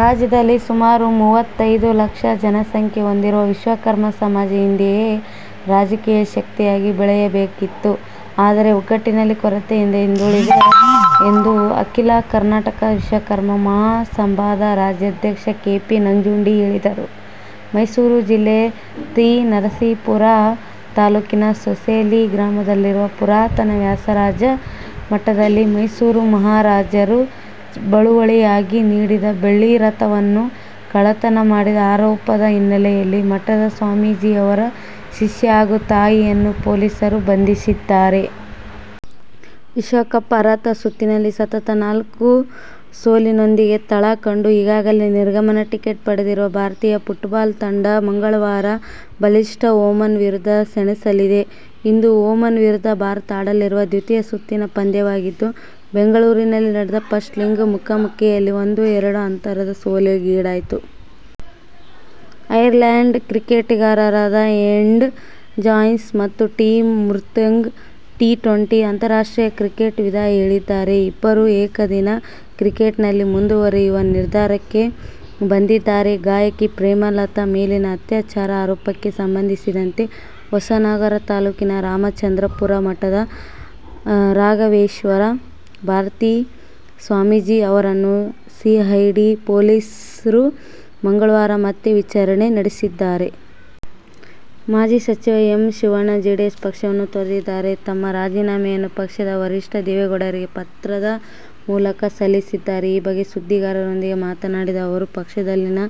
ರಾಜ್ಯದಲ್ಲಿ ಸುಮಾರು ಮೂವತ್ತೈದು ಲಕ್ಷ ಜನಸಂಖ್ಯೆ ಹೊಂದಿರುವ ವಿಶ್ವಕರ್ಮ ಸಮಾಜ ಈ ಹಿಂದೆಯೇ ರಾಜಕೀಯ ಶಕ್ತಿಯಾಗಿ ಬೆಳೆಯಬೇಕಿತ್ತು. ಆದರೆ, ಒಗ್ಗಟ್ಟಿನ ಕೊರತೆಯಿಂದ ಹಿಂದುಳಿದಿದೆ ಎಂದು ಅಖಿಲ ಕರ್ನಾಟಕ ವಿಶ್ವಕರ್ಮ ಮಹಾಸಭಾದ ರಾಜ್ಯಾಧ್ಯಕ್ಷ ಕೆ. ಪಿ. ನಂಜುಂಡಿ ಹೇಳಿದರು. ಮೈಸೂರು ಜಿಲ್ಲೆ ತಿ. ನರಸೀಪುರ ತಾಲೂಕಿನ ಸೋಸಲೆ ಗ್ರಾಮದಲ್ಲಿರುವ ಪುರಾತನ ವ್ಯಾಸರಾಜ ಮಠದಲ್ಲಿ ಮೈಸೂರು ಮಹಾರಾಜರು ಬಳುವಳಿಯಾಗಿ ನೀಡಿದ್ದ ಬೆಳ್ಳಿರಥವನ್ನು ಕಳ್ಳತನ ಮಾಡಿದ್ದ ಆರೋಪದ ಹಿನ್ನೆಲೆಯಲ್ಲಿ ಮಠದ ಸ್ವಾಮೀಜಿ, ಅವರ ಶಿಷ್ಯ ಹಾಗೂ ತಾಯಿಯನ್ನು ಪೊಲೀಸರು ಬಂಧಿಸಿದ್ದಾರೆ. ವಿಶ್ವಕಪ್ ಅರ್ಹತಾ ಸುತ್ತಿನಲ್ಲಿ ಸತತ ನಾಲ್ಕು ಸೋಲಿನೊಂದಿಗೆ ತಳ ಕಂಡು ಈಗಾಗಲೇ ನಿರ್ಗಮನ ಟಿಕೆಟ್ ಪಡೆದಿರುವ ಭಾರತೀಯ ಫುಟ್ಬಾಲ್ ತಂಡ ಮಂಗಳವಾರ ಬಲಿಷ್ಠ ಒಮಾನ್ ವಿರುದ್ಧ ಸೆಣಸಲಿದೆ. ಇದು ಒಮಾನ್ ವಿರುದ್ಧ ಭಾರತ ಆಡಲಿರುವ ದ್ವಿತೀಯ ಸುತ್ತಿನ ಪಂದ್ಯವಾಗಿದ್ದು, ಬೆಂಗಳೂರಿನಲ್ಲಿ ನಡೆದ "ಫಸ್ಟ್ ಲೆಗ್' ಮುಖಾಮುಖಿಯಲ್ಲಿ ಒಂದು-ಎರಡು ಅಂತರದ ಸೋಲುಗಿಡಾಯಿತು ಅಯರ್ಲ್ಯಾಂಡ್ ಕ್ರಿಕೆಟಿಗರಾದ ಎಡ್ ಜಾಯ್ಸ ಮತ್ತು ಟಿಮ್ ಮುರ್ತುಗ್ ಟಿ-ಟ್ವೆಂಟಿ ಅಂತಾರಾಷ್ಟ್ರೀಯ ಕ್ರಿಕೆಟಿ ವಿದಾಯ ಹೇಳಿದ್ದಾರೆ. ಇಬ್ಬರೂ ಏಕದಿನ ಕ್ರಿಕೆಟ್ನಲ್ಲಿ ಮುಂದುವರಿಯುವ ನಿರ್ಧಾರಕ್ಕೆ ಬಂದಿದ್ದಾರೆ. ಗಾಯಕಿ ಪ್ರೇಮಲತಾ ಮೇಲಿನ ಅತ್ಯಾಚಾರ ಆರೋಪಕ್ಕೆ ಸಂಬಂಧಿಸಿದಂತೆ ಹೊಸನಗರ ತಾಲೂಕಿನ ರಾಮಚಂದ್ರಾಪುರ ಮಠದ ರಾಘವೇಶ್ವರ ಭಾರತಿ ಸ್ವಾಮೀಜಿ ಅವರನ್ನು ಸಿಐಡಿ ಪೊಲೀಸರು ಮಂಗಳವಾರ ಮತ್ತೆ ವಿಚಾರಣೆ ನಡೆಸಿದ್ದಾರೆ. ಮಾಜಿ ಸಚಿವ ಎಂ. ಶಿವಣ್ಣ ಜೆಡಿಎಸ್ ಪಕ್ಷವನ್ನು ತೊರೆದಿದ್ದಾರೆ. ತಮ್ಮ ರಾಜೀನಾಮೆಯನ್ನು ಪಕ್ಷದ ವರಿಷ್ಠ ದೇವೇಗೌಡರಿಗೆ ಪತ್ರದ ಮೂಲಕ ಸಲ್ಲಿಸಿದ್ದಾರೆ. ಈ ಬಗ್ಗೆ ಸುದ್ದಿಗಾರರೊಂದಿಗೆ ಮಾತನಾಡಿದ ಅವರು, ಪಕ್ಷದಲ್ಲಿನ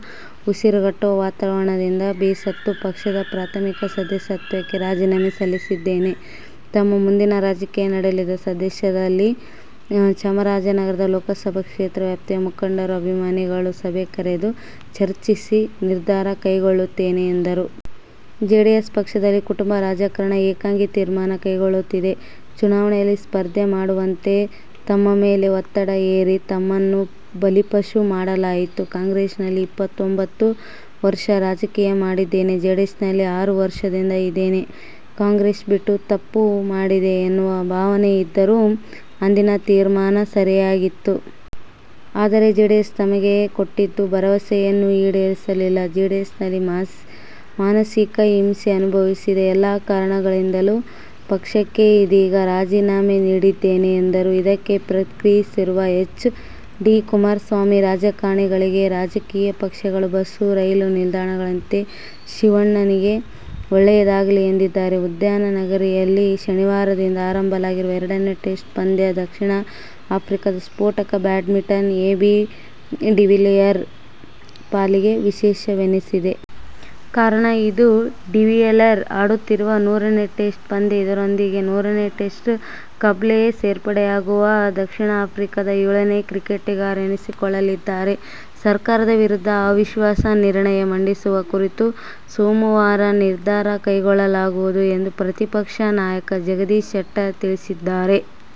ಉಸಿರುಗಟ್ಟುವ ವಾತಾವರಣದಿಂದ ಬೇಸತ್ತು ಪಕ್ಷದ ಪ್ರಾಥಮಿಕ ಸದಸ್ಯತ್ವಕ್ಕೆ ರಾಜೀನಾಮೆ ಸಲ್ಲಿಸಿದ್ದೇನೆ. ತಮ್ಮ ಮುಂದಿನ ರಾಜಕೀಯ ನಡೆಯನ್ನು ಸದ್ಯದಲ್ಲಿ ಚಾಮರಾಜನಗರದ ಲೋಕಸಭಾ ಕ್ಷೇತ್ರ ವ್ಯಾಪ್ತಿಯ ಮುಖಂಡರು, ಅಭಿಮಾನಿಗಳ ಸಭೆ ಕರೆದು ಚರ್ಚಿಸಿ ನಿರ್ಧಾರ ಕೈಗೊಳ್ಳುತ್ತೇನೆ ಎಂದರು. ಜೆಡಿಎಸ್ ಪಕ್ಷದಲ್ಲಿ ಕುಟುಂಬ ರಾಜಕಾರಣ, ಏಕಾಂಗಿ ತೀರ್ಮಾನ ಕೈಗೊಳ್ಳಲಾಗುತ್ತಿದೆ. ಚುನಾವಣೆಯಲ್ಲಿ ಸ್ಪರ್ಧೆ ಮಾಡುವಂತೆ ತಮ್ಮ ಮೇಲೆ ಒತ್ತಡ ಹೇರಿ ತಮ್ಮನ್ನು ಬಲಿಪಶು ಮಾಡಲಾಯಿತು. ಕಾಂಗ್ರೆಸ್ನಲ್ಲಿ ಇಪ್ಪತ್ತೊಂಬತ್ತು ವರ್ಷ ರಾಜಕೀಯ ಮಾಡಿದ್ದೇನೆ. ಜೆಡಿಎಸ್ನಲ್ಲಿ ಆರು ವರ್ಷದಿಂದ ಇದ್ದೇನೆ. ಕಾಂಗ್ರೆಸ್ ಬಿಟ್ಟು ತಪ್ಪು ಮಾಡಿದೆ ಎನ್ನುವ ಭಾವನೆ ಇದ್ದರೂ ಅಂದಿನ ತೀರ್ಮಾನ ಸರಿಯಾಗಿತ್ತು. ಆದರೆ ಜೆಡಿಎಸ್ ತಮಗೆ ಕೊಟ್ಟಿದ್ದ ಭರವಸೆಯನ್ನು ಈಡೇರಿಸಲಿಲ್ಲ. ಜೆಡಿಎಸ್ನಲ್ಲಿ ಮಾನಸಿಕ ಹಿಂಸೆ ಅನುಭವಿಸಿದೆ ಎಲ್ಲ ಕಾರಣಗಳಿಂದಲೂ ಪಕ್ಷಕ್ಕೆ ಇದೀಗ ರಾಜೀನಾಮೆ ನೀಡಿದ್ದೇನೆ ಎಂದರು. ಇದಕ್ಕೆ ಪ್ರತಿಕ್ರಿಯಿಸಿರುವ ಎಚ್. ಡಿ. ಕುಮಾರಸ್ಮಾಮಿ, ರಾಜಕಾರಣಿಗಳಿಗೆ ರಾಜಕೀಯ ಪಕ್ಷಗಳು ಬಸ್, ರೈಲು ನಿಲ್ದಾಣಗಳಂತೆ. ಶಿವಣ್ಣಗೆ ಒಳ್ಳೆಯದಾಗಲಿ ಎಂದಿದ್ದಾರೆ. ಉದ್ಯಾನನಗರಿಯಲ್ಲಿ ಶನಿವಾರದಿಂದ ಆರಂಭವಾಗಲಿರುವ ಎರಡನೇ ಟೆಸ್ಟ್ ಪಂದ್ಯ ದಕ್ಷಿಣ ಆಫ್ರಿಕಾದ ಸ್ಫೋಟಕ ಬ್ಯಾಟ್ಸ್ಮನ್ ಎಬಿ ಡಿವಿಲಿಯರ್ ಪಾಲಿಗೆ ವಿಶೇಷವೆ ಕಾರಣ, ಇದು ಡಿವಿಲಿಯರ್ ಆಡುತ್ತಿರುವ ನೂರನೇ ಟೆಸ್ಟ್ ಪಂದ್ಯ. ಇದರೊಂದಿಗೆ ನೂರನೇ ಟೆಸ್ಟ್ ಕ್ಲಬ್ಗೆ ಸೇರ್ಪಡೆಯಾಗುವ ದಕ್ಷಿಣ ಆಫ್ರಿಕಾದ ಏಳನೇ ಕ್ರಿಕೆಟಿಗನೆನಿಸಿಕೊಳ್ಳಲಿದ್ದಾರೆ. ಸರ್ಕಾರದ ವಿರುದ್ಧ ಅವಿಶ್ವಾಸ ನಿರ್ಣಯ ಮಂಡಿಸುವ ಕುರಿತು ಸೋಮವಾರ ನಿರ್ಧಾರ ಕೈಗೊಳ್ಳಲಾಗುವುದು ಎಂದು ಪ್ರತಿಪಕ್ಷ ನಾಯಕ ಜಗದೀಶ್ ಶೆಟ್ಟರ್ ತಿಳಿಸಿದ್ದಾರೆ.